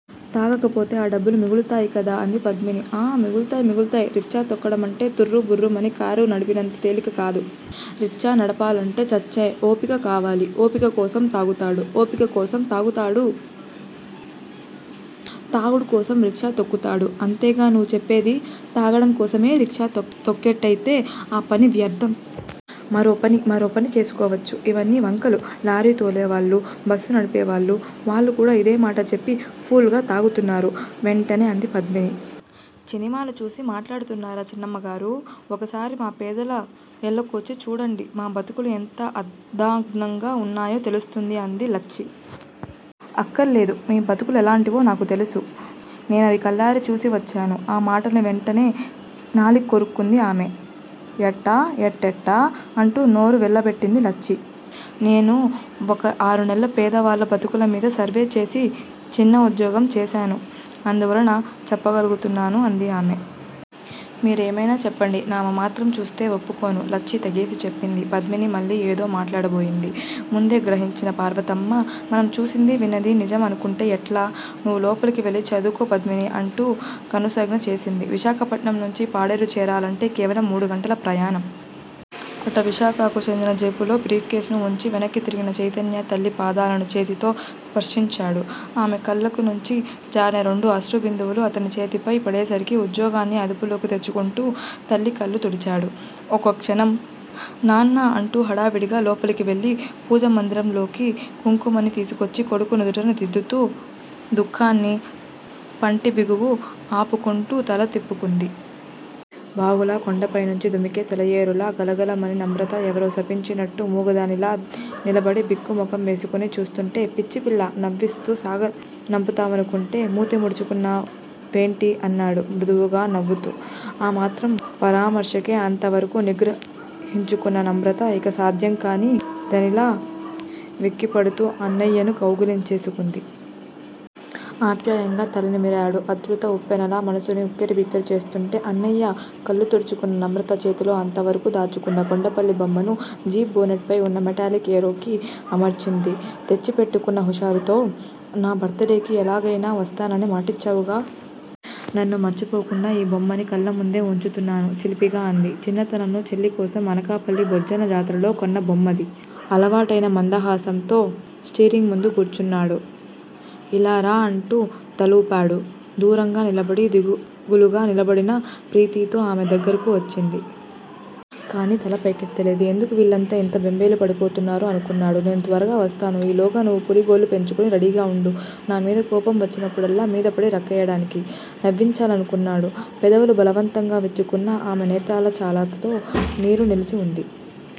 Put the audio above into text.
తాగకపోతే ఆ డబ్బులు మిగులుతాయికదా అంది పద్మిని. ఆ మిగులుతాయ్, మిగులుతాయ్! రిచ్చా తొక్కడమంటే తుర్రుబుర్రుమని కారు నడిపినంత తేలికకాదు. రిచ్చా నడపాలంటే చచ్చే ఓపిక కావాలి. ఓపిక కోసం తాగుతాడు. ఓపికకోసం తాగుతాడు__తాగుడుకోసం రిక్షా తొక్కుతాడు అంతేగా నువ్వు చెప్పేది! తాగడం కోసమే రిక్షా తొక్కేట్టయితే ఆ పని వ్యర్ధం. మరోపని మరోపని చేసుకోవచ్చు. ఇవన్నీ వంకలు లారీలు తోలేవాళ్ళు, బస్సులు నడిపేవాళ్ళు వాళ్లుకూడా ఇదేమాట చెప్పి ఫుల్ గ తాగుతున్నారు వెంటనే అంది పద్మిని. చినిమాలు చూసి మాట్లాడుతున్నారా చిన్నమ్మగారూ! ఒకసారి మా పేదల యిళ్ళకొచ్చి చూడండి. మా బతుకులు ఎంత అద్దాన్నంగ ఉన్నాయో తెలుస్తుంది అంది లచ్చి. అక్కర్లేదు, మీ బతుకులెలాంటివో నాకు తెలుసు. నేనవి కళ్ళారా చూసే వచ్చాను ఆ మాటని వెంటనే నాలిక్కొరుక్కుంది ఆమె. ఎట్టా, ఎట్టెట్టా? అంటూ నోరు వెళ్ళబెట్టింది లచ్చి. నేను వక ఆరునెలలు పేదవాళ్ళ బతుకులమీద సర్వ్ చేసే చిన్న ఉద్యోగం చేశాను. అందువలన చెప్పగలుగుతున్నాను అంది ఆమె. మీరేమైనా చెప్పండి నామమాత్రం చస్తే వప్పుకొను లచ్చి తెగేసి చెప్పేసింది. పద్మిని మళ్ళీ యేదో మాటాడబోయింది. ముందే గ్రహించిన పార్వతమ్మ మనం చూసింది విన్నది నిజం అనుకుంటే ఎట్లా? నువ్వు లోపలికి వెళ్ళి చదువుకో పద్మినీ అంటూ కనుసౌంజ్ఞ చేసింది. విశాఖపట్నం నుంచి పాడేరు చేరాలంటే కేవలం మూడుగంటల ప్రయాణం. అటవీశాఖకు చెందిన జీపులో బ్రీప్ కేస్ ను వుంచి వెనక్కి తిరిగిన చైతన్య తల్లి పాదాలను చేతితో స్పృశించాడు. ఆమె కళ్ళు నుంచి జారిన రెండు అశ్రుబిందువులు అతని చేతిపై పడేసరికి ఉద్వేగాన్ని అదుపులోకి తెచ్చుకుంటూ తల్లి కళ్ళు తుడిచాడు. ఒక్కక్షణం, నాన్నా! అంటూ హడావుడిగా లోపలికివెళ్లి పూజా మందిరంలోని కుంకుమని తీసుకొచ్చి కొడుకు నుదుట దిద్దుతూ, దుఃఖాన్ని పంటిబిగువున ఆపుకుంటూ తల తిప్పుకుంది. వాగులా, కొండలపైనుంచి దుమికే సెలయేరులా గలగలమనే నమ్రత ఎవరో శపించినట్టూ మూగదానిలా నిలబడి బిక్కమొగం వేసుకు చూస్తూంటే పిచ్చిపిల్లా! నవ్విస్తూ సాగనంపుతావనుకుంటే మూతి ముడుచుక్కూచున్నావేంటి? అన్నాడు మృదువుగా నవ్వుతూ. ఆమాత్రం పరామర్శకే అంతవరకూ నిగ్రహించుకున్న నమ్రత ఇక సాధ్యం కాని దానిలా వెక్కిపడుతూ అన్నయ్యను కావలించేసుకుంది. ఆప్యాయంగా తల నిమిరాడు. ఆర్ద్రత ఉప్పెనలా మనసును ఉక్కిరి బిక్కిరి చేస్తుంటే. అన్నయ్యా! కళ్ళు తుడుచుకున్న నమ్రత చేతిలో అంత వరకూ దాచుకున్న కొండపల్లి బొమ్మను జీప్ భోనెట్ పై వున్న మెటాలిక్ ఏరోకి అమర్చింది. తెచ్చి పెట్టుకున్న హుషారుతో_ నా బర్త్ డేకి ఎలాగయినా వస్తానని మాటిచ్చావుగా. నన్ను మర్చిపోకుండా ఈ బొమ్మని నీ కళ్ళముందే ఉంచుతున్నాను చిలిపిగా అంది. చిన్నతనంలో చెల్లికోసం అనకాపల్లి బొజ్జన్న జాతరలో కొన్న బొమ్మది. అలవాటైన మందహాసంతో స్టీరింగ్ ముందు కూచున్నాడు. ఇలా రా అన్నట్టుగా తలూపాడు. దూరంగా నిలబడి దిగులుగా నిలబడివున్న ప్రీతితో. ఆమె దగ్గరకు వచ్చింది. కాని, తలపై కెత్తలేదు. ఎందుకు వీళ్ళంతా ఇంత బెంబేలు పడిపోతున్నారు అనుకున్నాడు. నేను త్వరగా వస్తాను. ఈలోగా నువ్వు పులి గోళ్ళు పెంచుకుని రడీగా ఉండు. నామీద కోపం వచ్చినప్పుడల్లా మీదపడి రక్కెయ్యడానికి నవ్వించాలనుకున్నాడు. పెదవులు బలవంతంగా విచ్చుకున్నా, ఆమె నేత్రాలంచలాలతో నీరు నిలిచి ఉంది.